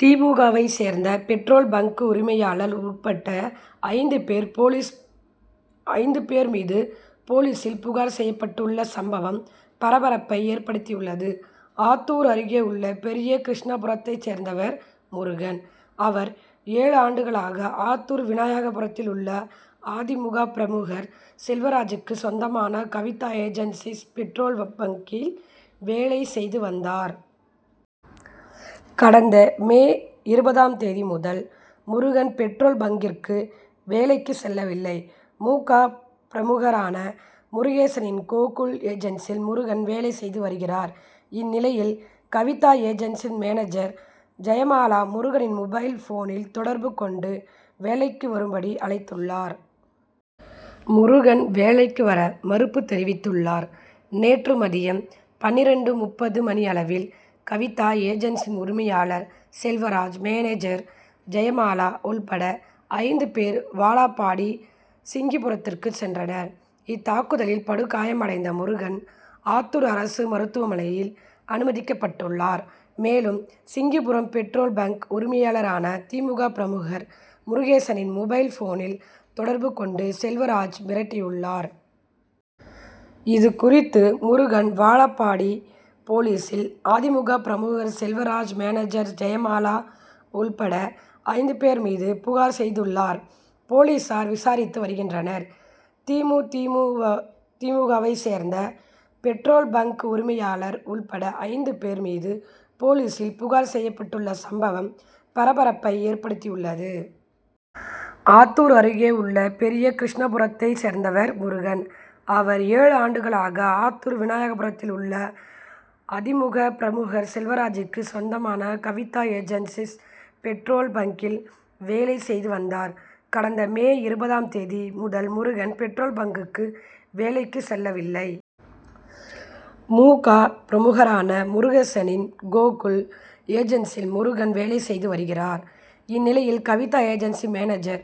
தி மு கவை சேர்ந்த பெட்ரோல் பங்க் உரிமையாளர் உள்பட ஐந்து பேர் மீது போலீஸில் புகார் செய்யப்பட்டுள்ள சம்பவம் பரபரப்பை ஏற்படுத்தியுள்ளது. ஆத்தூர் அருகே உள்ள பெரிய கிருஷ்ணாபுரத்தை சேர்ந்தவர் முருகன். அவர் ஏழு ஆண்டுகளாக ஆத்தூர் விநாயகபுரத்திலுள்ள அ தி மு க பிரமுகர் செல்வராஜூக்கு சொந்தமான கவிதா ஏஜன்சிஸ் பெட்ரோல் பங்கில் வேலை செய்து வந்தார். கடந்த மே இருபதாம் தேதி முதல் முருகன் பெட்ரோல் பங்க்குக்கு வேலைக்கு செல்லவில்லை. மு க பிரமுகரான முருகேசனின் கோகுல் ஏஜன்சியில் முருகன் வேலை செய்து வருகிறார். இந்நிலையில் கவிதா ஏஜன்சிஸ் மேனேஜர் ஜெயமாலா முருகனின் மொபைல் ஃபோனில் தொடர்பு கொண்டு வேலைக்கு வரும்படி அழைத்துள்ளார். முருகன் வேலைக்கு வர மறுப்பு தெரிவித்துள்ளார். நேற்று மதியம் பன்னிரண்டு.முப்பது மணியளவில் கவிதா ஏஜன்சிஸ் உரிமையாளர் செல்வராஜ் மேனேஜர் ஜெயமாலா உள்பட ஐந்து பேர் வாழப்பாடி சிங்கிபுரத்துக்கு சென்றனர். இத்தாக்குதலில் படுகாயமடைந்த முருகன் ஆத்தூர் அரசு மருத்துவமனையில் அனுமதிக்கப்பட்டுள்ளார். மேலும் சிங்கிபுரம் பெட்ரோல் பங்க் உரிமையாளரான தி மு க பிரமுகர் முருகேசனின் மொபைல் ஃபோனில் தொடர்பு கொண்டு செல்வராஜ் மிரட்டியுள்ளார். இது குறித்து முருகன் வாழப்பாடி போலீஸில் அ தி மு க பிரமுகர் செல்வராஜ் மேனேஜர் ஜெயமாலா உள்பட ஐந்து பேர் மீது புகார் செய்துள்ளார். போலீஸார் விசாரித்து வருகின்றனர். தி மு தி மு கவை சேர்ந்த பெட்ரோல் பங்க் உரிமையாளர் உள்பட ஐந்து பேர் மீது போலீஸில் புகார் செய்யப்பட்டுள்ள சம்பவம் பரபரப்பை ஏற்படுத்தியுள்ளது. ஆத்தூர் அருகே உள்ள பெரிய கிருஷ்ணாபுரத்தை சேர்ந்தவர் முருகன். அவர் ஏழு ஆண்டுகளாக ஆத்தூர் விநாயகபுரத்திலுள்ள அ தி மு க பிரமுகர் செல்வராஜூக்கு சொந்தமான கவிதா ஏஜன்சிஸ் பெட்ரோல் பங்கில் வேலை செய்து வந்தார். கடந்த மே இருபதாம் தேதி முதல் முருகன் பெட்ரோல் பங்க்குக்கு வேலைக்கு செல்லவில்லை. மு க பிரமுகரான முருகேசனின் கோகுல் ஏஜன்சியில் முருகன் வேலை செய்து வருகிறார். இந்நிலையில் கவிதா ஏஜன்சிஸ் மேனேஜர்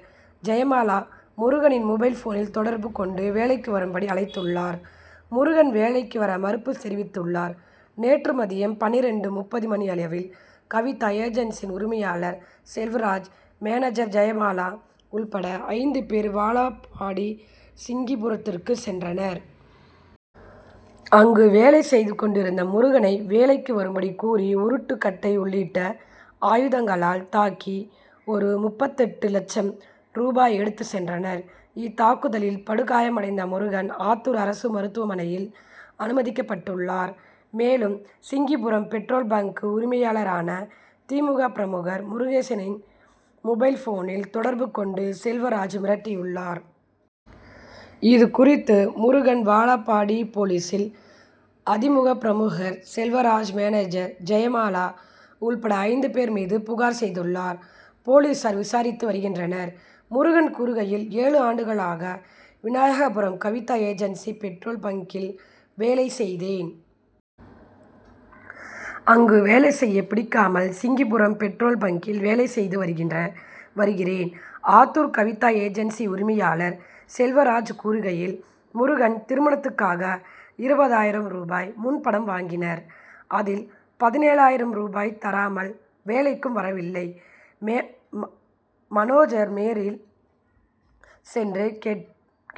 ஜெயமாலா முருகனின் மொபைல் ஃபோனில் தொடர்பு கொண்டு வேலைக்கு வரும்படி அழைத்துள்ளார். முருகன் வேலைக்கு வர மறுப்பு தெரிவித்துள்ளார். நேற்று மதியம் பன்னிரண்டு.முப்பது மணியளவில் கவிதா ஏஜன்சிஸ் உரிமையாளர் செல்வராஜ் மேனேஜர் ஜெயமாலா உள்பட ஐந்து பேர் வாழப்பாடி சிங்கிபுரத்துக்கு சென்றனர். அங்கு வேலை செய்து கொண்டிருந்த முருகனை வேலைக்கு வரும்படி கூறி உருட்டு கட்டை உள்ளிட்ட ஆயுதங்களால் தாக்கி ஒரு.முப்பத்தெட்டு லட்சம் ரூபாயை எடுத்து சென்றனர். இத்தாக்குதலில் படுகாயமடைந்த முருகன் ஆத்தூர் அரசு மருத்துவமனையில் அனுமதிக்கப்பட்டுள்ளார். மேலும் சிங்கிபுரம் பெட்ரோல் பங்க் உரிமையாளரான தி மு க பிரமுகர் முருகேசனின் மொபைல் ஃபோனில் தொடர்பு கொண்டு செல்வராஜ் மிரட்டியுள்ளார். இது குறித்து முருகன் வாழப்பாடி போலீஸில் அ தி மு க பிரமுகர் செல்வராஜ் மேனேஜர் ஜெயமாலா உள்பட ஐந்து பேர் மீது புகார் செய்துள்ளார். போலீஸார் விசாரித்து வருகின்றனர். முருகன் கூறுகையில் ஏழு ஆண்டுகளாக விநாயகபுரம் கவிதா ஏஜென்சி பெட்ரோல் பங்கில் வேலை செய்தேன். அங்கு வேலை செய்ய பிடிக்காமல் சிங்கிபுரம் பெட்ரோல் பங்கில் வேலை செய்து வருகிறேன். ஆத்தூர் கவிதா ஏஜன்சி உரிமையாளர் செல்வராஜ் கூறுகையில் முருகன் திருமணத்துக்காக இருபதாயிரம் ரூபாய் முன்பணம் வாங்கினார். அதில் பதினேழாயிரம் ரூபாய் தராமல் வேலைக்கும் வரவில்லை. மானேஜர் நேரில் சென்று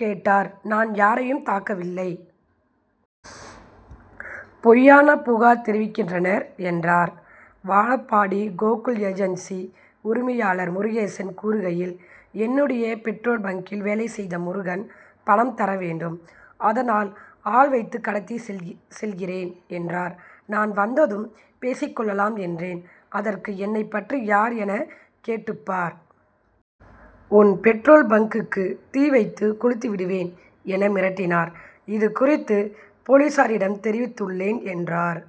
கேட்டார். நான் யாரையும் தாக்கவில்லை. பொய்யான புகார் தெரிவிக்கின்றனர் என்றார். வாழப்பாடி கோகுல் ஏஜன்சிஸ் உரிமையாளர் முருகேசன் கூறுகையில் என்னுடைய பெட்ரோல் பங்கில் வேலை செய்த முருகன் பணம் தரவேண்டும். அதனால் ஆள் வைத்து கடத்தி செல்கிறேன் என்றார். நான் வந்ததும் பேசிக்கொள்ளலாம் என்றேன். அதற்கு என்னை பற்றி யார் என கேட்டு பார். உன் பெட்ரோல் பங்க்குக்கு தீ வைத்து கொளுத்திவிடுவேன் என மிரட்டினார். இது குறித்து போலீஸாரிடம் தெரிவித்துள்ளேன் என்றார்.